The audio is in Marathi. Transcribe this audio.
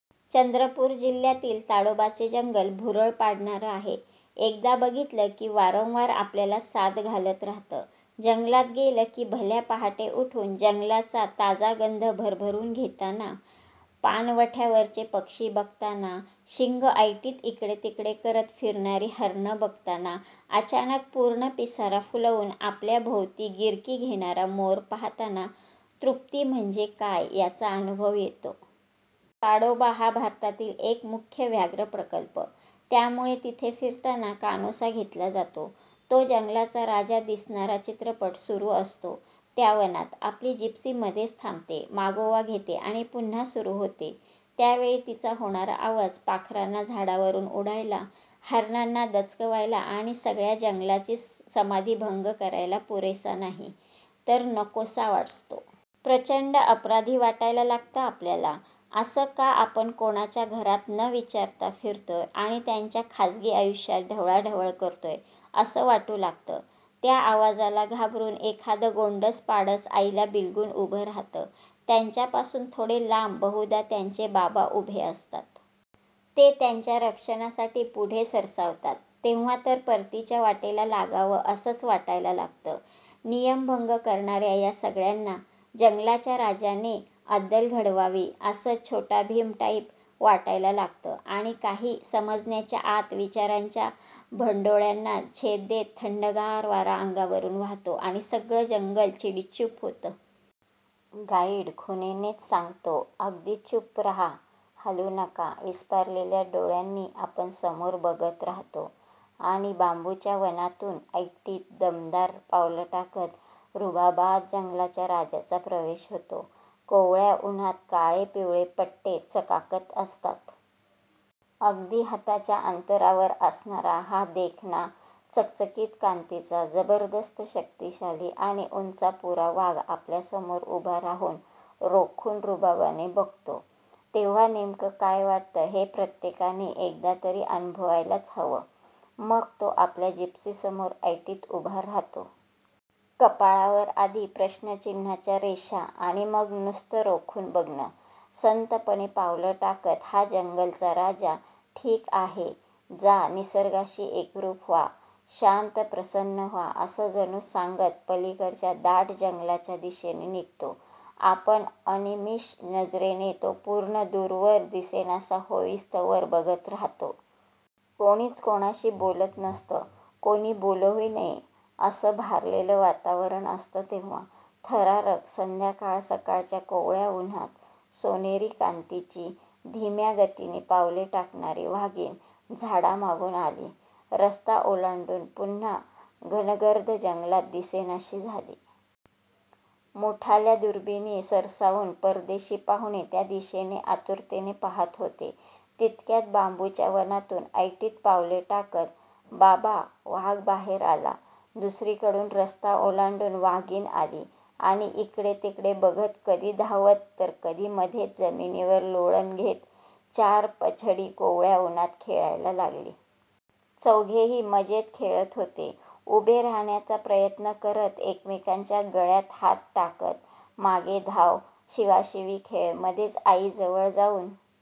चंद्रपूर जिल्ह्यातील ताडोबाचे जंगल भुरळ पाडणारं आहे. एकदा बघितलं की वारंवार आपल्याला साद घालत राहतं. जंगलात गेलं की भल्या पहाटे उठून जंगलाचा ताजागंध भरभरून घेताना, पाणवठ्यावरचे पक्षी बघताना, शिंगं ऐटीत इकडे तिकडे करत फिरणारी हरणं बघताना, अचानक पूर्ण पिसारा फुलवून आपल्याच भोवती गिरकी घेणारा मोर पाहताना तृप्ती म्हणजे काय याचा अनुभव येतो!... ताडोबा हा भारतातील एक मुख्य व्याघ्रप्रकल्प. त्यामुळे तिथे फिरताना कानोसा घेतला जातो तो जंगलाचा राजा दिसणार चित्रपट सुरू असतो त्या वनात. आपली जिप्सी मध्येच थांबते, मागोवा घेते आणि पुन्हा सुरू होते. त्यावेळी तिचा होणारा आवाज पाखरांना झाडावरून उडायला, हरणांना दचकवायला आणि सगळ्या जंगलाचीच समाधी भंग करायला पुरेसाच नाही, तर नकोसा असतो... प्रचंड अपराधी वाटायला लागतं आपल्याला. असं का आपण कोणाच्या घरात न विचारता फिरतोय आणि त्यांच्या खाजगी आयुष्यात ढवळाढवळ करतोय, असं वाटू लागतं. त्या आवाजाला घाबरून एखादं गोंडस पाडस आईला बिलगून उभं राहतं. त्यांच्यापासून थोडे लांब बहुधा त्याचे बाबा उभे असतात. ते त्याच्या रक्षणासाठी पुढे सरसावतात. तेव्हा तर परतीच्या वाटेला लागावं असंच वाटायला लागतं! नियमभंग करणाऱ्या या सगळ्यांना जंगलाच्या राजाने अद्दल घडवावी, असं 'छोटाभीम' टाईप वाटायला लागतं!! आणि.... काही समजण्याच्या आत विचारांच्या भेंडोळ्यांना छेद देत थंडगार वारा अंगावरून वाहतो आणि सगळं जंगल चिडीचूप होतं. गाईड खुणेनेच सांगतो, अगदी चूप राहा, हलू नका. विस्फारल्या डोळ्यांनी आपण समोर बघत राहतो... आणि बांबूच्या वनातून ऐटीत, दमदार पावलं टाकत, रुबाबात जंगलच्या राजाचा प्रवेश होतो. कोवळ्या उन्हात काळे पिवळे पट्टे चकाकत असतात! अगदी हाताच्या अंतरावर असणारा हा देखणा, चकचकीत कांतीचा, जबरदस्त शक्तिशाली आणि उंचापुरा वाघ आपल्यासमोर उभा राहून रोखून रुबाबाने बघतो, तेव्हा नेमकं काय वाटतं हे प्रत्येकाने एकदा तरी अनुभवायलाच हवं! मग तो आपल्या जिप्सीसमोर ऐटीत उभा राहतो. कपाळावर आधी प्रश्नचिन्हाच्या रेषा आणि मग नुसतं रोखून बघणं! संथपणे पावलं टाकत हा जंगलचा राजा, 'ठीक आहे, जा, निसर्गाशी एकरूप व्हा, शांत-प्रसन्न व्हा' असं जणू सांगत, पलीकडच्या दाट जंगलाच्या दिशेने निघतो. आपण अनिमिष नजरेने तो पूर्ण दूरवर दिसेनासा होईस्तोवर बघत राहतो! कोणीच कोणाशी बोलत नसतं, कोणी बोलूही नये, असं भारलेलं वातावरण असतं तेव्हा! थरारक संध्याकाळ सकाळच्या कोवळ्या उन्हात सोनेरी कांतीची, धीम्या गतीने पावले टाकणारी वाघीण झाडामागून आली. रस्ता ओलांडून पुन्हा घनगर्द जंगलात दिसेनाशी झाली. मोठाल्या दुर्बिणी सरसावून परदेशी पाहुणे त्या दिशेने आतुरतेने पाहत होते. तितक्यात बांबूच्या वनातून ऐटीत पावले टाकत 'बाबा' वाघ बाहेर आला. दुसरीकडून रस्ता ओलांडून वाघीण आली आणि इकडे तिकडे बघत कधी धावत तर कधी मध्येच जमिनीवर लोळण घेत चार बछडी कोवळ्या उन्हात खेळायला लागली. चौघेही मजेत खेळत होते. उभे राहण्याचा प्रयत्न करत एकमेकांच्या गळ्यात हात टाक, मागे धाव, शिवाशिवी खेळ, मध्येच आईजवळ जाऊन